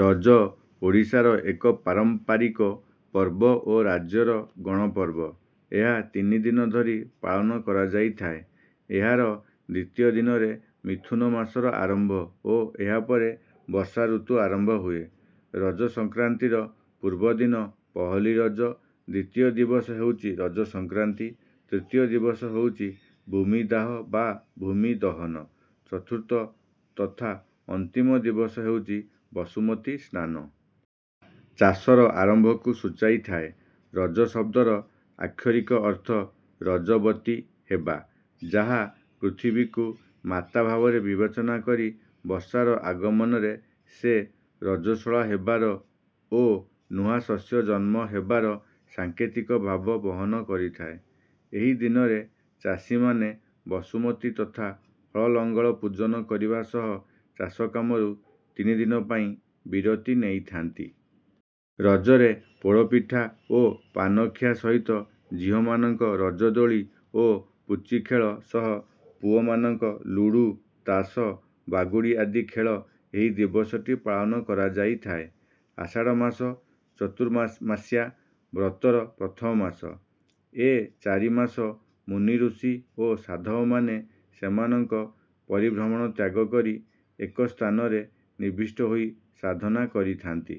ରଜ ଓଡ଼ିଶାର ଏକ ପାରମ୍ପାରିକ ପର୍ବ ଓ ରାଜ୍ୟର ଗଣପର୍ବ। ଏହା ତିନିଦିନ ଧରି ପାଳନ କରାଯାଇଥାଏ। ଏହାର ଦ୍ୱିତୀୟ ଦିନରେ ମିଥୁନ ମାସର ଆରମ୍ଭ ଓ ଏହା ପରେ ବର୍ଷା ଋତୁ ଆରମ୍ଭ ହୁଏ। ରଜ ସଂକ୍ରାନ୍ତିର ପୂର୍ବଦିନ ପହିଲି ରଜ, ଦ୍ୱିତୀୟ ଦିବସ ହେଉଛି ରଜ ସଂକ୍ରାନ୍ତି, ତୃତୀୟ ଦିବସ ହେଉଛି ଭୂମିଦାହ ବା ଭୂମି ଦହନ, ଚତୁର୍ଥ ତଥା ଅନ୍ତିମ ଦିବସ ହେଉଛି ବସୁମତୀ ସ୍ନାନ। ଏହା ଚାଷର ଆରମ୍ଭକୁ ସୂଚାଇଥାଏ। ରଜ ଶବ୍ଦର ଆକ୍ଷରିକ ଅର୍ଥ ରଜବତୀ ହେବା, ଯାହା ପୃଥିବୀକୁ ମାତା ଭାବରେ ବିବେଚନା କରି ବର୍ଷାର ଆଗମନରେ ସେ ରଜସ୍ୱଳା ହେବାର ଓ ନୂଆ ଶସ୍ୟ ଜନ୍ମ ହେବାର ସାଙ୍କେତିକ ଭାବ ବହନ କରିଥାଏ। ଏହି ଦିନରେ ଚାଷୀମାନେ ବସୁମତୀ ତଥା ହଳଲଙ୍ଗଳ ପୂଜନ କରିବା ସହ ଚାଷ କାମରୁ ତିନି ଦିନ ପାଇଁ ବିରତି ନେଇଥାନ୍ତି। ରଜରେ ପୋଡ଼ ପିଠା ଓ ପାନ ଖିଆ ସହିତ ଝିଅମାନଙ୍କ ରଜ ଦୋଳି ଓ ପୁଚି ଖେଳ ସହ ପୁଅମାନଙ୍କ ଲୁଡୁ, ତାସ, ବାଗୁଡ଼ି ଆଦି ଖେଳି ଏହି ଦିବସଟି ପାଳନ କରାଯାଇଥାଏ। ଆଷାଢ ମାସ ଚତୁର୍ମାସ୍ୟା ବ୍ରତର ପ୍ରଥମ ମାସ। ଏ ଚାରି ମାସ ମୁନି ଋଷି ଓ ସାଧବ ମାନେ ସେମାନଙ୍କ ପରିଭ୍ରମଣ ତ୍ୟାଗ କରି ଏକସ୍ଥାନରେ ନିବିଷ୍ଟ ହୋଇ ସାଧନା କରିଥା'ନ୍ତି।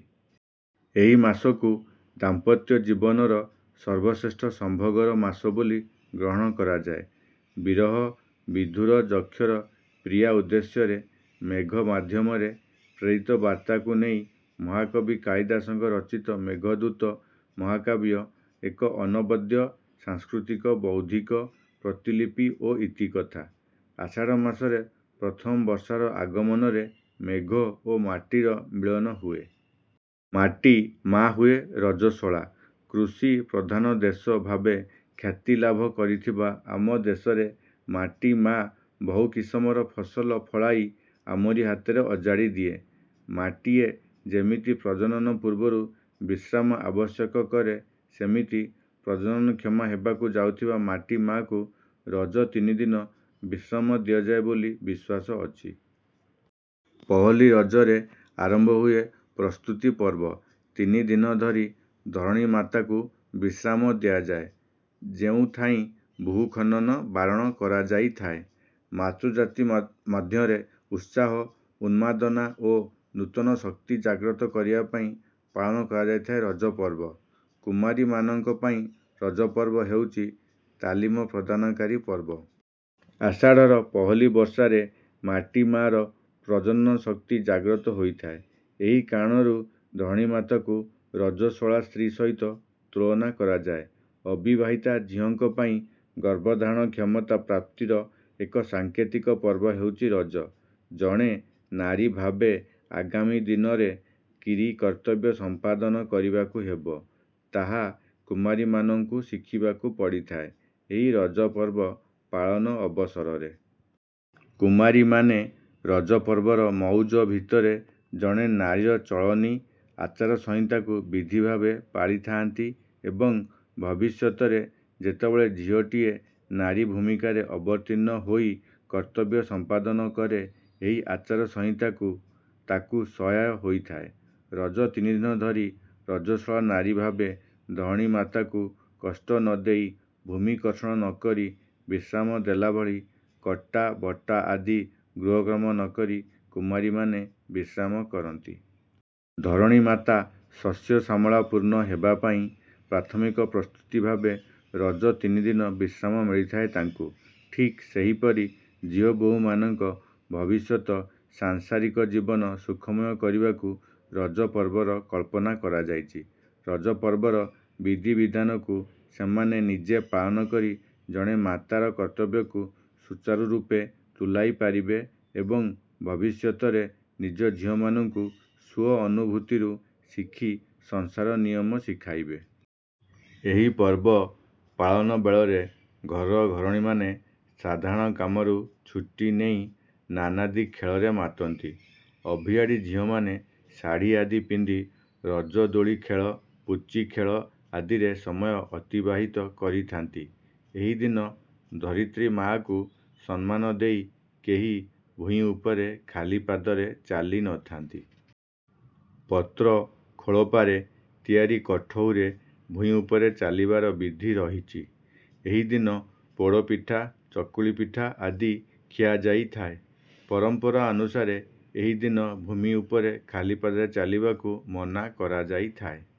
ଏହି ମାସକୁ ଦାମ୍ପତ୍ୟ ଜୀବନର ସର୍ବଶ୍ରେଷ୍ଠ ସମ୍ଭୋଗର ମାସ ବୋଲି ଗ୍ରହଣ କରାଯାଏ। ବିରହ, ବିଧୂର ଯକ୍ଷର ପ୍ରିୟା ଉଦ୍ଦେଶ୍ୟରେ ମେଘ ମାଧ୍ୟମରେ ପ୍ରେରିତ ବାର୍ତ୍ତାକୁ ନେଇ ମହାକବି କାଳିଦାସଙ୍କ ରଚିତ "ମେଘଦୂତ' ମହାକାବ୍ୟ ଏକ ଅନବଦ୍ୟ ସାଂସ୍କୃତିକ ବୌଦ୍ଧିକ ପ୍ରତିଲିିପି ଓ ଇତିକଥା। ଆଷାଢ଼ ମାସରେ ପ୍ରଥମ ବର୍ଷାର ଆଗମନରେ ମେଘ ଓ ମାଟିର ମିଳନ ହୁଏ। ମାଟି ମା' ହୁଏ ରଜସ୍ୱଳା। କୃଷି ପ୍ରଧାନ ଦେଶ ଭାବେ ଖ୍ୟାତି ଲାଭ କରିଥିବା ଆମଦେଶରେ ମାଟି ମା' ବହୁ କିସମର ଫସଲ ଫଳାଇ ଆମରି ହାତରେ ଅଜାଡ଼ି ଦିଏ। ମା'ଟିଏ ଯେମିତି ପ୍ରଜନନ ପୂର୍ବରୁ ବିଶ୍ରାମ ଆବଶ୍ୟକ କରେ, ସେମିତି ପ୍ରଜନନକ୍ଷମ ହେବାକୁ ଯାଉଥିବା ମାଟି ମା'କୁ ରଜ ତିନିଦିନ ବିଶ୍ରାମ ଦିଆଯାଏ ବୋଲି ବିଶ୍ୱାସ ଅଛି। ପହିଲି ରଜରେ ଆରମ୍ଭ ହୁଏ ପ୍ରସ୍ତୁତି ପର୍ବ। ତିନିଦିନ ଧରି ଧରଣୀ ମାତାକୁ ବିଶ୍ରାମ ଦିଆଯାଏ, ଯେଉଁଥିାଇଁ ଭୂ ଖନନ ବାରଣ କରାଯାଇଥାଏ। ମାତୃଜାତି ମଧ୍ୟରେ ଉତ୍ସାହ, ଉନ୍ମାଦନା ଓ ନୂତନ ଶକ୍ତି ଜାଗ୍ରତ କରିବା ପାଇଁ ପାଳନ କରାଯାଇଥାଏ ରଜପର୍ବ। କୁମାରୀମାନଙ୍କ ପାଇଁ ରଜପର୍ବ ହେଉଛି ତାଲିମ ପ୍ରଦାନକାରୀ ପର୍ବ। ଆଷାଢ଼ର ପହିଲି ବର୍ଷାରେ ମାଟି ମା'ର ପ୍ରଜନନ ଶକ୍ତି ଜାଗ୍ରତ ହୋଇଥାଏ, ଏହି କାରଣରୁ ଧରଣୀମାତାକୁ ରଜସ୍ୱଳା ସ୍ତ୍ରୀ ସହିତ ତୁଳନା କରାଯାଏ। ଅବିବାହିତା ଝିଅଙ୍କ ପାଇଁ ଗର୍ଭଧାରଣ କ୍ଷମତା ପ୍ରାପ୍ତିର ଏକ ସାଙ୍କେତିକ ପର୍ବ ହେଉଛି ରଜ। ଜଣେ ନାରୀଭାବେ ଆଗାମୀ ଦିନରେ କିରି କର୍ତ୍ତବ୍ୟ ସମ୍ପାଦନ କରିବାକୁ ହେବ, ତାହା କୁମାରୀମାନଙ୍କୁ ଶିଖିବାକୁ ପଡ଼ିଥାଏ, ଏହି ରଜ ପର୍ବ ପାଳନ ଅବସରରେ। କୁମାରୀମାନେ ରଜପର୍ବର ମଉଜ ଭିତରେ ଜଣେ ନାରୀର ଚଳଣି, ଆଚାରସଂହିତାକୁ ବିଧିଭାବେ ପାଳିଥାଆନ୍ତି ଏବଂ ଭବିଷ୍ୟତରେ ଯେତେବେଳେ ଝିଅଟିଏ ନାରୀଭୂମିକାରେ ଅବତୀର୍ଣ୍ଣ ହୋଇ କର୍ତ୍ତବ୍ୟ ସମ୍ପାଦନ କରେ, ଏହି ଆଚାରସଂହିତା ତାକୁ ସହାୟ ହୋଇଥାଏ। ରଜ ତିନିଦିନ ଧରି ରଜସ୍ୱଳା ନାରୀଭାବେ ଧରଣୀମାତାକୁ କଷ୍ଟ ନ ଦେଇ ଭୂମି କର୍ଷଣ ନ କରି ବିଶ୍ରାମ ଦେଲାଭଳି କଟା, ବଟା ଆଦି ଗୃହକର୍ମ ନ କରି କୁମାରୀମାନେ ବିଶ୍ରାମ କରନ୍ତି। ଧରଣୀ ମାତା ଶସ୍ୟଶ୍ୟାମଳାପୂର୍ଣ୍ଣ ହେବା ପାଇ ପ୍ରାଥମିକ ପ୍ରସ୍ତୁତି ଭାବେ ରଜ ତିନିଦିନ ବିଶ୍ରାମ ମିଳିଥାଏ ତାଙ୍କୁ। ଠିକ ସେହିପରି ଝିଅବୋହୂମାନଙ୍କ ଭବିଷ୍ୟତ ସାଂସାରିକ ଜୀବନ ସୁଖମୟ କରିବାକୁ ରଜପର୍ବର କଳ୍ପନା କରାଯାଇଛି। ରଜପର୍ବର ବିଧିବିଧାନକୁ ସେମାନେ ନିଜେ ପାଳନ କରି ଜଣେ ମାତାର କର୍ତ୍ତବ୍ୟକୁ ସୁଚାରୁରୂପେ ତୁଲାଇପାରିବେ ଏବଂ ଭବିଷ୍ୟତରେ ନିଜ ଝିଅମାନଙ୍କୁ ସ୍ୱଅନୁଭୂତିରୁ ଶିଖି ସଂସାର ନିୟମ ଶିଖାଇବେ। ଏହି ପର୍ବ ପାଳନ ବେଳରେ ଘରର ଘରଣୀମାନେ ସାଧାରଣ କାମରୁ ଛୁଟି ନେଇ ନାନାଦି ଖେଳରେ ମାତନ୍ତି। ଅଭିଆଡ଼ି ଝିଅମାନେ ଶାଢ଼ୀ ଆଦି ପିନ୍ଧି ରଜ ଦୋଳି ଖେଳ, ପୁଚି ଖେଳ ଆଦିରେ ସମୟ ଅତିବାହିତ କରିଥାନ୍ତି। ଏହି ଦିନ ଧରିତ୍ରୀ ମାଆକୁ ସମ୍ମାନ ଦେଇ କେହି ଭୂଇଁ ଉପରେ ଖାଲି ପାଦରେ ଚାଲିନଥାନ୍ତି। ପତ୍ର/ଖୋଳପାରେ ତିଆରି କଠଉରେ ଭୂଇଁ ଉପରେ ଚାଲିବାର ବିଧି ରହିଛି। ଏହି ଦିନ ପୋଡ଼ ପିଠା, ଚକୁଳି ପିଠା ଆଦି ଖିଆଯାଇ ଥାଏ। ପରମ୍ପରା ଅନୁସାରେ ଏହି ଦିନ ଭୂମି ଉପରେ ଖାଲିପାଦରେ ଚାଲିବାକୁ ମନା କରାଯାଇଥାଏ।